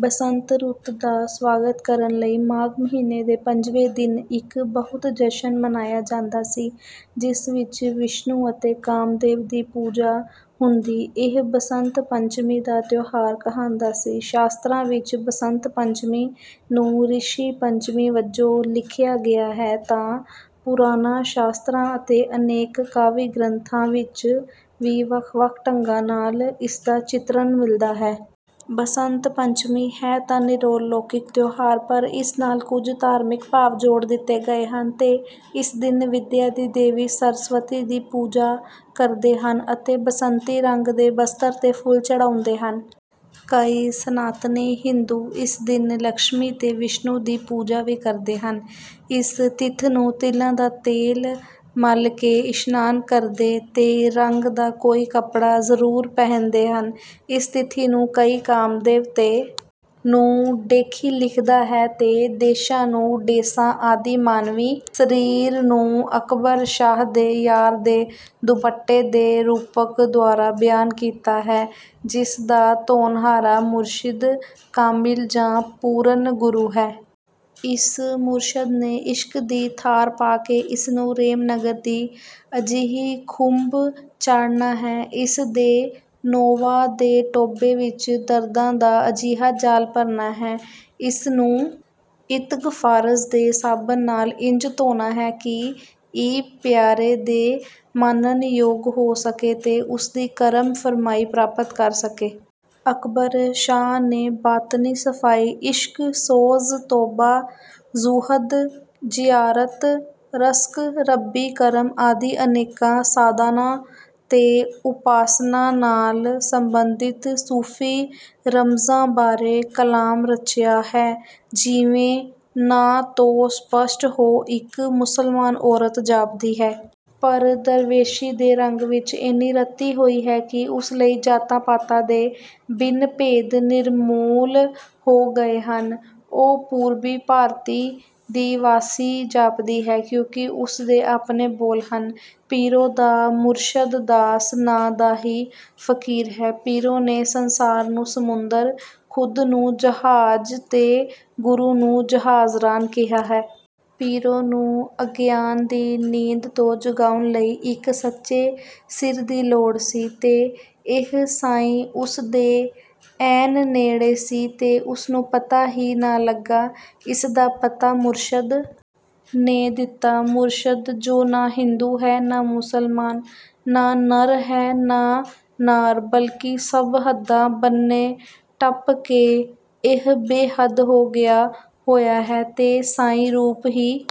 ਬਸੰਤ ਰੁੱਤ ਦਾ ਸਵਾਗਤ ਕਰਨ ਲਈ ਮਾਘ ਮਹੀਨੇ ਦੇ ਪੰਜਵੇਂ ਦਿਨ ਇੱਕ ਬਹੁਤ ਜਸ਼ਨ ਮਨਾਇਆ ਜਾਂਦਾ ਸੀ ਜਿਸ ਵਿੱਚ ਵਿਸ਼ਨੂੰ ਅਤੇ ਕਾਮਦੇਵ ਦੀ ਪੂਜਾ ਹੁੰਦੀ, ਇਹ ਬਸੰਤ ਪੰਚਮੀ ਦਾ ਤਿਉਹਾਰ ਕਹਾਂਦਾ ਸੀ। ਸ਼ਾਸਤਰਾਂ ਵਿੱਚ ਬਸੰਤ ਪੰਚਮੀ ਨੂੰ ਰਿਸ਼ੀ ਪੰਚਮੀ ਵਜੋਂ ਲਿਖਿਆ ਗਿਆ ਹੈ, ਤਾਂ ਪੁਰਾਣਾਂ ਸ਼ਾਸਤਰਾਂ ਅਤੇ ਅਨੇਕ ਕਾਵਿ-ਗਰੰਥਾਂ ਵਿੱਚ ਵੀ ਵੱਖ ਵੱਖ ਢੰਗਾਂ ਨਾਲ ਇਸਦਾ ਚਿਤਰਣ ਮਿਲਦਾ ਹੈ। ਬਸੰਤ ਪੰਚਮੀ ਹੈ ਤਾਂ ਨਿਰੋਲ ਲੌਕਿਕ ਤਿਉਹਾਰ ਪਰ ਇਸ ਨਾਲ ਕੁੱਝ ਧਾਰਮਿਕ ਭਾਵ ਜੋੜ ਦਿੱਤੇ ਗਏ ਹਨ ਤੇ ਇਸ ਦਿਨ ਵਿੱਦਿਆ ਦੀ ਦੇਵੀ ਸਰਸਵਤੀ ਦੀ ਪੂਜਾ ਕਰਦੇ ਹਨ ਅਤੇ ਬਸੰਤੀ ਰੰਗ ਦੇ ਬਸਤਰ ਤੇ ਫੁੱਲ ਚੜ੍ਹਾਉਂਦੇ ਹਨ। ਕਈ ਸਨਾਤਨੀ ਹਿੰਦੂ ਇਸ ਦਿਨ ਲਕਸ਼ਮੀ ਤੇ ਵਿਸ਼ਨੂੰ ਦੀ ਪੂਜਾ ਵੀ ਕਰਦੇ ਹਨ। ਇਸ ਤਿੱਥ ਨੂੰ ਤਿਲਾਂ ਦਾ ਤੇਲ ਮਲ ਕੇ ਇਸ਼ਨਾਨ ਕਰਦੇ ਤੇ ਰੰਗ ਦਾ ਕੋਈ ਕੱਪੜਾ ਜ਼ਰੂਰ ਪਹਿਨਦੇ ਹਨ। ਇਸ ਤਿਥੀ ਨੂੰ ਕਈ ਕਾਮਦੇਵ ਤੇ। ਨੂੰ 'ਡੇਖੀ ਲਿਖਦਾ ਹੈ ਤੇ 'ਦੇਸ਼ਾਂ ਨੂੰ 'ਡੇਸਾਂ ਆਦਿ ਮਾਨਵੀ ਸ੍ਰੀਰ ਨੂੰ ਅਕਬਰ ਸ਼ਾਹ ਦੇ ਯਾਰ ਦੇ ਦੁੱਪਟੇ ਦੇ ਰੂਪਕ ਦੁਆਰਾ ਬਿਆਨ ਕੀਤਾ ਹੈ ਜਿਸ ਦਾ ਧੋਣਹਾਰਾ ਮੁਰਸ਼ਿਦ ਕਾਮਿਲ ਜਾਂ ਪੂਰਣ ਗੁਰੂ ਹੈ। ਇਸ ਮੁਰਸ਼ਦ ਨੇ ਇਸ਼ਕ ਦੀ ਥਾਰ ਪਾ ਕੇ ਇਸ ਨੂੰ ਰੇਮ-ਨਗਰ ਦੀ ਅਜਿਹੀ ਖੁੰਬ ਚਾੜ੍ਹਨਾ ਹੈੇ। ਇਸ ਦੇ ਨੋਵਾਂ ਦੇ ਟੌਭੇ ਵਿਚ ਦਰਦਾਂ ਦਾ ਅਜਿਹਾ ਜਾਲ ਭਰਨਾ ਹੈ। ਇਸ ਨੂੰ ਇਤਗਫਾਰਜ ਦੇ ਸਾਬਣ ਨਾਲ ਇੰਜ਼ ਧੋਣਾ ਹੈ ਕਿ ਇ ਪਿਆਰੇ ਦੇ ਮਾਣਨ ਯੋਗ ਹੋ ਸਕੇ ਤੇ ਉਸ ਦੀ ਕਰਮ ਫਰਮਾਈ ਪ੍ਰਾਪਤ ਕਰ ਸਕੇ। ਅਕਬਰ ਸ਼ਾਹ ਨੇ ਬਾਤਨੀ ਸਫਾਈ, ਇਸ਼ਕ, ਸੋਜ਼, ਤੋਬਾ, ਜ਼ੁੂਹਦ, ਜਿਆਰਤ, ਰਸਕ, ਰੱਬੀ, ਕਰਮ ਆਦਿ ਅਨੇਕਾ ਸਾਧਾਨਾ ਤੇ ਉਪਾਸਨਾ ਨਾਲ ਸੰਬੰਧਿਤ ਸੂਫ਼ੀ ਰਮਜਾਂ ਬਾਰੇ ਕਲਾਮ ਰਚਿਆ ਹੈ। ਜਿਵੇਂ ਨਾਂ ਤੋਂ ਸਪੱਸ਼ਟ ਹੋ ਇਕ ਮੁਸਲਮਾਨ ਔਰਤ ਜਾਪਦੀ ਹੈ। ਪਰ ਦਰਵੇਸ਼ੀ ਦੇ ਰੰਗ ਵਿਚ ਏਨੀ ਰੱਤੀ ਹੋਈ ਹੈ ਕਿ ਉਸ ਲਈ ਜਾਤਾਂ ਪਾਤਾਂ ਦੇ ਭਿੰਨ ਭੇਦ ਲਿਰਮੂਲ ਹੋ ਗਏ ਹਨ। ਉਹ ਪੂਰਬੀ ਭਾਰਤੀ ਦੀ ਵਾਸੀ ਜਾਪਦੀ ਹੈ ਕਿਉਂਕਿ ਉਸ ਦੇ ਆਪਣੇ ਬੋਲ ਹਨ: ਪੀਰੋ ਦਾ ਮੁਰਸ਼ਦ ਦਾਸ ਨਾਂ ਦਾ ਹੀ ਫਕੀਰ ਹੈ ਪੀਰੋ ਨੇ ਸੰਸਾਰ ਨੂੰ ਸਮੁੰਦਰ, ਖੁਦ ਨੂੰ ਜਹਾਜ ਤੇ ਗੁਰੂ ਨੂੰ ਜਹਾਜ਼ਰਾਨ ਕਿਹਾ ਹੈ। ਪੀਰੋ ਨੂੰ ਅਗਿਆਨ ਦੀ ਨੀਂਦ ਤੋਂ ਜਗਾਉਣ ਲਈ ਇੱਕ ਸੱਚੇ ਸਿਰ ਦੀ ਲੋੜ ਸੀ। ਤੇ ਇਹ ਸਾਂਈ ਉਸ ਦੇ ਐਨ ਨੇੜੇ ਸੀ ਤੇ ਉਸ ਨੂੰ ਪਤਾ ਹੀ ਨਾ ਲੱਗਾ। ਇਸ ਦਾ ਪਤਾ ਮੁਰਸ਼ਦ ਨੇ ਦਿੱਤਾ, ਮੁਰਸ਼ਦ ਜੋ ਨਾ ਹਿੰਦੂ ਹੈ ਨਾ ਮੁਸਲਮਾਨ, ਨਾ ਨਰ ਹੈ, ਨਾ ਨਾਰ, ਬਲਕਿ ਸਭ ਹੱਦਾਂ ਬੰਨੇ ਟੱਪ ਕੇ ਇਹ ਬੇਹੱਦ ਹੋ ਗਿਆ ਹੋਇਆ ਹੈ ਤੇ ਸਾਈ ਰੂਪ ਹੀ